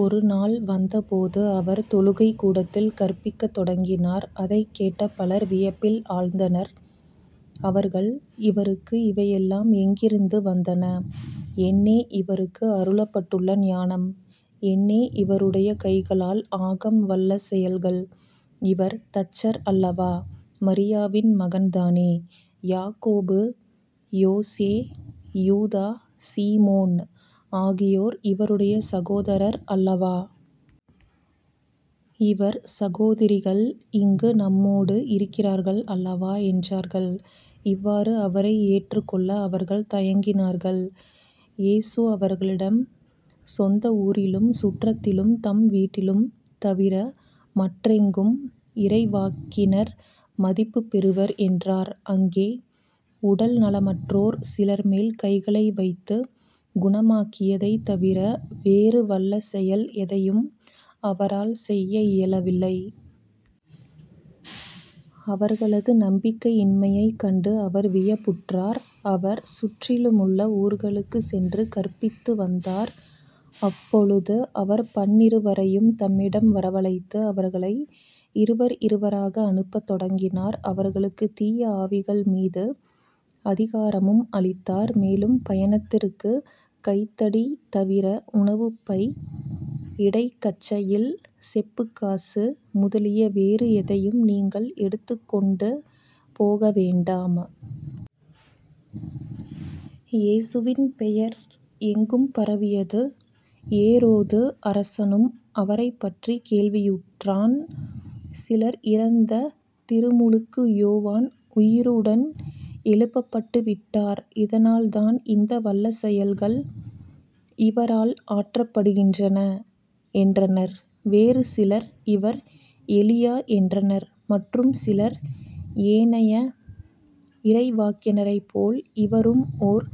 ஒருநாள் வந்தபோது அவர் தொழுகைக்கூடத்தில் கற்பிக்கத் தொடங்கினார். அதைக் கேட்ட பலர் வியப்பில் ஆழ்ந்தனர். அவர்கள் இவருக்கு இவையெல்லாம் எங்கிருந்து வந்தன? என்னே இவருக்கு அருளப்பட்டுள்ள ஞானம். என்னே இவருடைய கைகளால் ஆகம் வல்ல செயல்கள். இவர் தச்சர் அல்லவா. மரியாவின் மகன்தானே. யாக்கோபு யோசே யூதா சீமோன் ஆகியோர் இவருடைய சகோதரர் அல்லவா? இவர் சகோதரிகள் இங்கு நம்மோடு இருக்கிறார்கள் அல்லவா? என்றார்கள். இவ்வாறு அவரை ஏற்றுக் கொள்ள அவர்கள் தயங்கினார்கள். இயேசு அவர்களிடம் சொந்த ஊரிலும் சுற்றத்திலும் தம் வீட்டிலும் தவிர மற்றெங்கும் இறைவாக்கினர் மதிப்புப் பெறுவர் என்றார். அங்கே உடல் நலமற்றோர் சிலர்மேல் கைகளை வைத்துக் குணமாக்கியதைத் தவிர வேறு வல்ல செயல் எதையும் அவரால் செய்ய இயலவில்லை. அவர்களது நம்பிக்கையின்மையைக் கண்டு அவர் வியப்புற்றார். அவர் சுற்றிலுமுள்ள ஊர்களுக்குச் சென்று கற்பித்துவந்தார். அப்பொழுது அவர் பன்னிருவரையும் தம்மிடம் வரவழைத்து அவர்களை இருவர் இருவராக அனுப்பத் தொடங்கினார். அவர்களுக்குத் தீய ஆவிகள் மீது அதிகாரமும் அளித்தார். மேலும் பயணத்திற்குக் கைத்தடி தவிர உணவு பை இடைக்கச்சையில் செப்புக் காசு முதலிய வேறு எதையும் நீங்கள் எடுத்துக் கொண்டு போக வேண்டாம். இயேசுவின் பெயர் எங்கும் பரவியது. ஏரோது அரசனும் அவரைப் பற்றிக் கேள்வியுற்றான். சிலர் இறந்த திருமுழுக்கு யோவான் உயிருடன் எழுப்பப்பட்டு விட்டார் இதனால் தான் இந்த வல்ல செயல்கள் இவரால் ஆற்றப்படுகின்றன என்றனர். வேறு சிலர் இவர் எலியா என்றனர். மற்றும் சிலர் ஏனைய இறைவாக்கினரைப்போல் இவரும் ஓர்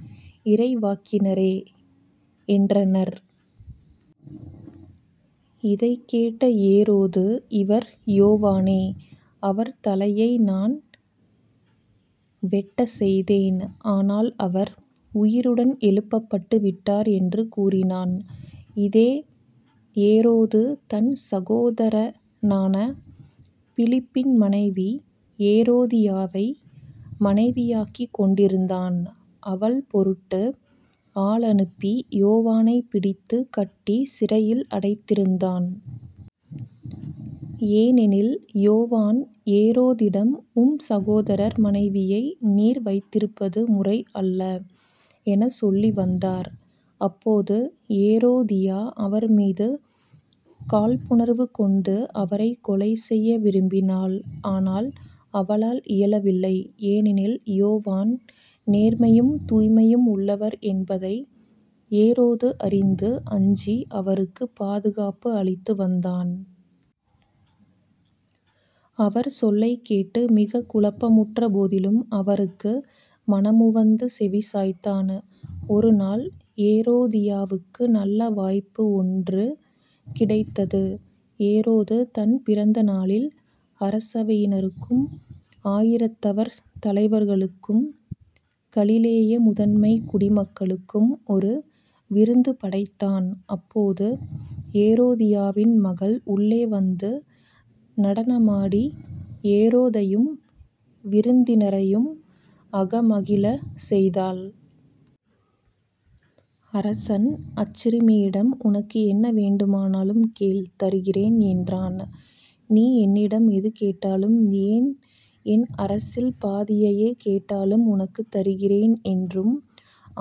இறைவாக்கினரே என்றனர். இதைக் கேட்ட ஏரோது இவர் யோவானே. அவர் தலையை நான் வெட்டச் செய்தேன். ஆனால் அவர் உயிருடன் எழுப்பப்பட்டு விட்டார் என்று கூறினான். இதே ஏரோது தன் சகோதரனான பிலிப்பின் மனைவி ஏரோதியாவை மனைவியாக்கிக் கொண்டிருந்தான் அவள் பொருட்டு ஆளனுப்பி யோவானைப் பிடித்துக் கட்டிச் சிறையில் அடைத்திருந்தான். ஏனெனில் யோவான் ஏரோதிடம் உம் சகோதரர் மனைவியை நீர் வைத்திருப்பது முறை அல்ல எனச் சொல்லிவந்தார். அப்போது ஏரோதியா அவர்மீது காழ்ப்புணர்வு கொண்டு, அவரைக் கொலை செய்ய விரும்பினாள் ஆனால் அவளால் இயலவில்லை. ஏனெனில் யோவான் நேர்மையும் தூய்மையும் உள்ளவர் என்பதை ஏரோது அறிந்து அஞ்சி அவருக்குப் பாதுகாப்பு அளித்து வந்தான். அவர் சொல்லைக் கேட்டு மிகக் குழப்பமுற்ற போதிலும் அவருக்கு மனமுவந்து செவிசாய்த்தான். ஒரு நாள் ஏரோதியாவுக்கு நல்ல வாய்ப்பு ஒன்று கிடைத்தது. ஏரோது தன் பிறந்த நாளில் அரசவையினருக்கும் ஆயிரத்தவர் தலைவர்களுக்கும் கலிலேய முதன்மைக் குடிமக்களுக்கும் ஒரு விருந்து படைத்தான். அப்போது ஏரோதியாவின் மகள் உள்ளே வந்து நடனமாடி ஏரோதையும் விருந்தினரையும் அகமகிழச் செய்தாள். அரசன் அச்சிறுமியிடம் உனக்கு என்ன வேண்டுமானாலும் கேள் தருகிறேன் என்றான். நீ என்னிடம் எது கேட்டாலும் ஏன் என் அரசில் பாதியையே கேட்டாலும் உனக்குத் தருகிறேன் என்றும்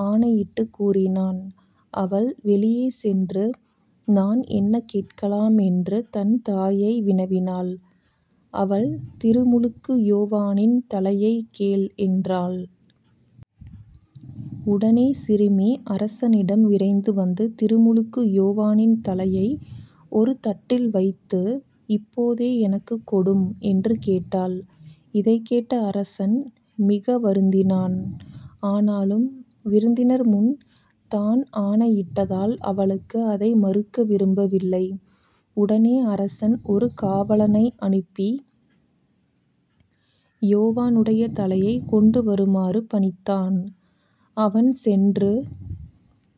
ஆணையிட்டுக் கூறினான். அவள் வெளியே சென்று நான் என்ன கேட்கலாம்? என்று தன்தாயை வினவினாள். அவள் திருமுழுக்கு யோவானின் தலையைக் கேள் என்றாள். உடனே சிறுமி அரசனிடம் விரைந்து வந்து திருமுழுக்கு யோவானின் தலையை ஒரு தட்டில் வைத்து இப்போதே எனக்குக் கொடும் என்று கேட்டாள். இதைக் கேட்ட அரசன் மிக வருந்தினான். ஆனாலும் விருந்தினர்முன் தான் ஆணையிட்டதால் அவளுக்கு அதை மறுக்க விரும்பவில்லை. உடனே அரசன் ஒரு காவலனை அனுப்பி யோவானுடைய தலையைக் கொண்டுவருமாறு பணித்தான். அவன் சென்று